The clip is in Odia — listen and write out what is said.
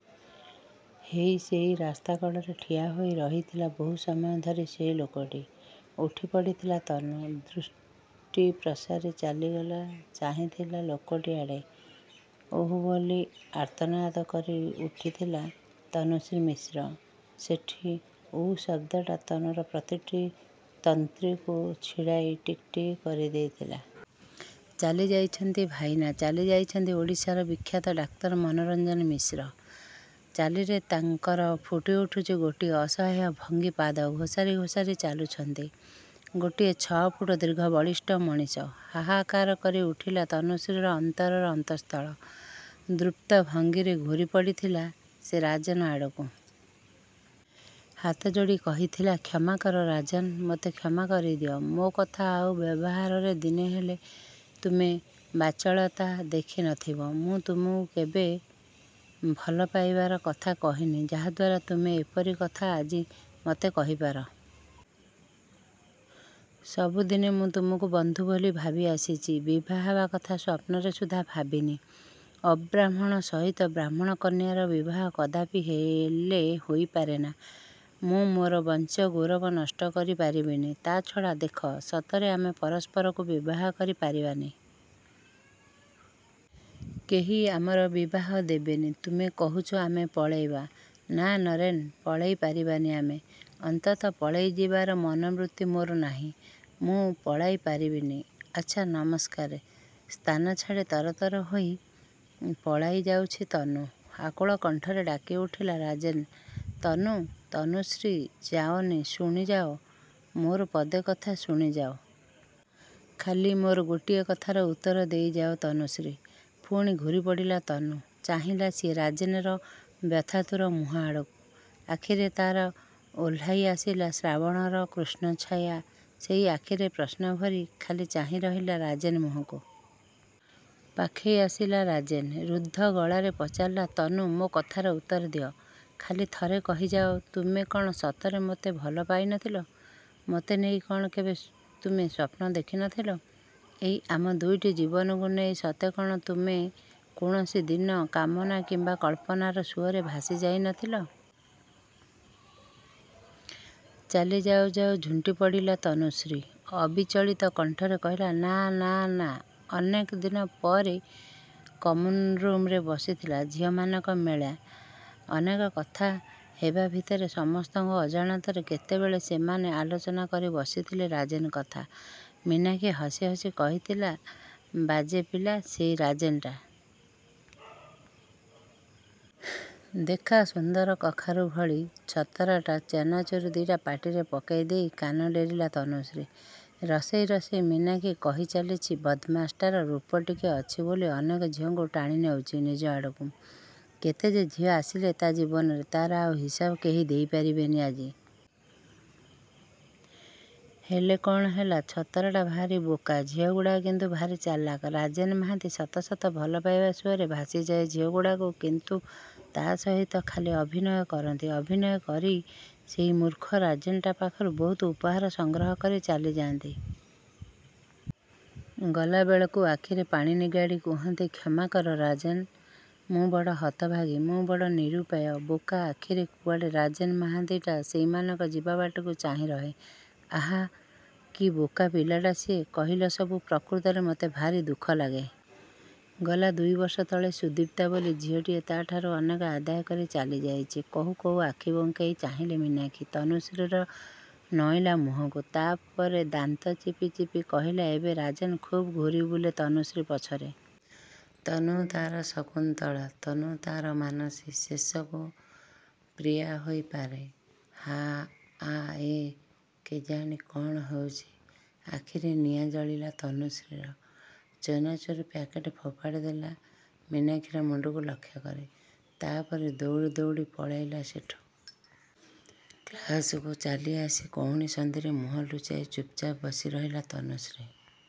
ହେଇ ସେଇ ରାସ୍ତା କଡ଼ରେ ଠିଆ ହୋଇ ରହିଥିଲା ବହୁ ସମୟ ଧରି ସେହି ଲୋକଟି। ଉଠି ପଡ଼ିଥିଲା ତନୁ, ଦୃଷ୍ଟି ପ୍ରସାରି ଚାଲିଗଲା ଚାହିଁଥିଲା ଲୋକଟି ଆଡ଼େ। ଉଃ ବୋଲି ଆର୍ତ୍ତନାଦ କରି ଉଠିଥିଲା ତନୁଶ୍ରୀ ମିଶ୍ର। ସେଇ ଉଃ ଶବ୍ଦଟା ତନୁର ପ୍ରତିଟି ତନ୍ତ୍ରୀକୁ ଛିଣ୍ଡାଇ ଟିକି ଟିକି କରିଦେଇଥିଲା। ଚାଲିଯାଉଛନ୍ତି ଭାଇନା। ଚାଲିଯାଉଛନ୍ତି ଓଡ଼ିଶାର ବିଖ୍ୟାତ ଡାକ୍ତର ମନୋରଞ୍ଜନ ମିଶ୍ର। ଚାଲିରେ ତାଙ୍କର ଫୁଟି ଉଠିଛି ଗୋଟାଏ ଅସହାୟ ଭଙ୍ଗୀ। ପାଦ ଘୋସାରି ଘୋସାରି ଚାଲିଛନ୍ତି ଗୋଟିଏ ଛଅ ଫୁଟ ଦୀର୍ଘ ବଳିଷ୍ଠ ମଣିଷ। ହାହାକାର କରି ଉଠିଲା ତନୁଶ୍ରୀର ଅନ୍ତରର ଅନ୍ତଃସ୍ଥଳ। ଦୃପ୍ତ ଭଙ୍ଗୀରେ ଘୂରି ପଡ଼ିଥିଲା ସେ ରାଜେନ୍ ଆଡ଼କୁ। ହାତ ଯୋଡ଼ି କହିଥିଲା, କ୍ଷମା କର ରାଜେନ୍, ମତେ କ୍ଷମା କରିଦିଅ। ମୋ କଥା ଆଉ ବ୍ୟବହାରରେ ଦିନେ ହେଲେ ତୁମେ ବାଚାଳତା ଦେଖି ନଥିବ। ମୁଁ ତମକୁ କେବେ ଭଲ ପାଇବାର କଥା କହିନି ଯାହା ଦ୍ୱାରା ତୁମେ ଏପରି କଥା ଆଜି ମତେ କହି ପାର। ସବୁଦିନେ ମୁଁ ତୁମକୁ ବନ୍ଧୁ ବୋଲି ଭାବି ଆସିଛି। ବିଭା ହେବା କଥା ସ୍ୱପ୍ନରେ ସୁଦ୍ଧା ଭାବିନି। ଅବ୍ରାହ୍ମଣ ସହିତ ବ୍ରାହ୍ମଣ କନ୍ୟାର ବିବାହ କଦାପି ହେଲେ ହୋଇ ପାରେନା। ମୁଁ ମୋର ବଂଶ ଗୌରବ ନଷ୍ଟ କରି ପାରିବିନି। ତା' ଛଡ଼ା ଦେଖ ସତରେ ଆମେ ପରସ୍ପରକୁ ବିବାହ କରି ପାରିବାନି। କେହି ଆମର ବିବାହ ଦେବେନି। ତୁମେ କହୁଛ ଆମେ ପଳାଇବା। ନା ରାଜେନ୍ ପଳାଇ ପାରିବାନି ଆମେ । ଅନ୍ତତଃ ପଳାଇ ଯିବାର ମନୋବୃତ୍ତି ମୋର ନାହିଁ। ମୁଁ ପଳାଇ ପାରିବିନି। ଆଚ୍ଛା, ନମସ୍କାର। ସ୍ଥାନ ଛାଡ଼ି ତରତର ହୋଇ ପଳାଇ ଯାଉଛି ତନୁ। ଆକୁଳ କଣ୍ଠରେ ଡାକି ଉଠିଲା ରାଜେନ୍ ତନୁ, ତନୁଶ୍ରୀ ଯାଅନି ଶୁଣି ଯାଅ, ମୋର ପଦେ କଥା ଶୁଣି ଯାଅ। ଖାଲି ମୋର ଗୋଟିଏ କଥାର ଉତ୍ତର ଦେଇ ଯାଅ ତନୁଶ୍ରୀ। ପୁଣି ଘୂରି ପଡ଼ିଲା ତନୁ। ଚାହିଁଲା ସିଏ ରାଜେନ୍‌ର ବ୍ୟଥାତୁର ମୁହଁ ଆଡ଼କୁ, ଆଖିରେ ତା'ର ଓହ୍ଲାଇ ଆସିଲା ଶ୍ରାବଣର କୃଷ୍ଣଛାୟା। ସେଇ ଆଖିରେ ପ୍ରଶ୍ନ ଭରି। ଖାଲି ଚାହିଁ ରହିଲା ରାଜେନ୍ ମୁହଁକୁ। ପାଖେଇ ଆସିଲା ରାଜେନ୍। ରୁଦ୍ଧ ଗଳାରେ ପଚାରିଲା ତନୁ ମୋ କଥାର ଉତ୍ତର ଦିଅ। ଖାଲି ଥରେ କହି ଯାଅ, ତୁମେ କ'ଣ ସତରେ ମତେ ଭଲ ପାଇ ନଥିଲ? ମତେ ନେଇ କ'ଣ କେବେ ତୁମେ ସ୍ୱପ୍ନ ଦେଖି ନଥିଲ। ଏଇ ଆମ ଦୁଇଟି ଜୀବନକୁ ନେଇ ସତେ କ'ଣ ତୁମେ କୌଣସି ଦିନ କାମନା କିମ୍ବା କଳ୍ପନାର ସୁଅରେ ଭାସି ଯାଇ ନଥିଲ? ଚାଲି ଯାଉ ଯାଉ ଝୁଣ୍ଟି ପଡ଼ିଲା ତନୁଶ୍ରୀ। ଅବିଚଳିତ କଣ୍ଠରେ କହିଲା ନାଁ, ନାଁ, ନାଁ। ଅନେକ ଦିନ ପରେ କମନ୍‌ରୁମ୍‌ରେ ବସିଥିଲା ଝିଅମାନଙ୍କ ମେଳା। ଅନେକ କଥା ହେବା ଭିତରେ ସମସ୍ତଙ୍କ ଅଜାଣତରେ କେତେବେଳେ ସେମାନେ ଆଲୋଚନା କରି ବସିଥିଲେ ରାଜେନ୍ କଥା। ମୀନାକ୍ଷୀ ହସି ହସି କହିଥିଲା ବାଜେ ପିଲା ସେଇ ରାଜେନ୍‌ଟା। ଦେଖା ସୁନ୍ଦର କଖାରୁ ଭଳି। ଛତରାଟା। ଚେନାଚୂର୍ ଦି'ଟା ପାଟିରେ ପକାଇ ଦେଇ କାନ ଡେରିଲା ତନୁଶ୍ରୀ। ରସେଇ ରସେଇ ମୀନାକ୍ଷୀ କହି ଚାଲିଛି ବଦମାସ୍‌ଟାର ରୂପ ଟିକିଏ ଅଛି ବୋଲି ଅନେକ ଝିଅଙ୍କୁ ଟାଣି ନେଉଛି ନିଜ ଆଡ଼କୁ। କେତେ ଯେ ଝିଅ ଆସିଲେ ତା' ଜୀବନରେ, ତା'ର ଆଉ ହିସାବ କେହି ଦେଇ ପାରିବେନି ଆଜି। ହେଲେ କ'ଣ ହେଲା, ଛତରାଟା ଭାରି ବୋକା। ଝିଅଗୁଡ଼ାକ କିନ୍ତୁ ଭାରି ଚାଲାକ୍। ରାଜେନ୍ ମାହାନ୍ତି ସତ ସତ ଭଲ ପାଇବା ସୁଅରେ ଭାସି ଯାଏ। ଝିଅଗୁଡ଼ାକ କିନ୍ତୁ ତା' ସହିତ ଖାଲି ଅଭିନୟ କରନ୍ତି। ଅଭିନୟ କରି ସେଇ ମୂର୍ଖ ରାଜେନ୍‌ଟା ପାଖରୁ ବହୁତ ଉପହାର ସଂଗ୍ରହ କରି ଚାଲି ଯାଆନ୍ତି। ଗଲା ବେଳକୁ ଆଖିରୁ ପାଣି ନିଗାଡ଼ି କୁହନ୍ତି କ୍ଷମା କର ରାଜେନ୍, ମୁଁ ବଡ଼ ହତଭାଗୀ, ମୁଁ ବଡ଼ ନିରୁପାୟ। ବୋକା ଆଖିରେ କୁଆଡ଼େ ରାଜେନ୍ ମହାନ୍ତିଟା ସେଇମାନଙ୍କ ଯିବା ବାଟକୁ ଚାହିଁ ରହେ। ଆହା କି ବୋକା ପିଲାଟା ସିଏ, କହିଲ ସବୁ। ପ୍ରକୃତରେ ମତେ ଭାରି ଦୁଃଖ ଲାଗେ। ଗଲା ଦୁଇ ବର୍ଷ ତଳେ ସୁଦୀପ୍ତା ବୋଲି ଝିଅଟିଏ ତା'ଠାରୁ ଅନେକ ଆଦାୟ କରି ଚାଲି ଯାଇଛି। କହୁ କହୁ ଆଖି ବଙ୍କାଇ ଚାହିଁଲା ମୀନାକ୍ଷୀ, ତନୁଶ୍ରୀର ନଇଁଲା ମୁହଁକୁ। ତା' ପରେ ଦାନ୍ତ ଚିପି ଚିପି କହିଲା ଏବେ ରାଜେନ୍ ଖୁବ୍ ଘୂରି ବୁଲେ ତନୁଶ୍ରୀ ପଛରେ। ତନୁ ତା'ର ଶକୁନ୍ତଳା, ତନୁ ତା'ର ମାନସୀ, ଶେଷକୁ ପ୍ରିୟା ହୋଇ ପାରେ। ହା ଆ ଏ। କେଜାଣେ କ'ଣ ହେଉଛି। ଆଖିରେ ନିଆଁ ଜଳିଲା ତନୁଶ୍ରୀର। ଚେନାଚୂର୍ ପ୍ୟାକେଟ୍ ଫୋପାଡ଼ି ଦେଲା ମୀନାକ୍ଷୀର ମୁଣ୍ଡକୁ ଲକ୍ଷ୍ୟ କରି। ତା' ପରେ ଦଉଡ଼ି ଦଉଡ଼ି ପଳାଇଲା ସେଠୁ। କ୍ଲାସ୍‌କୁ ଚାଲି ଆସି କହୁଣୀ ସନ୍ଧିରେ ମୁହଁ ଲୁଚାଇ ଚୁପ୍‌ଚାପ୍ ବସି ରହିଲା ତନୁଶ୍ରୀ।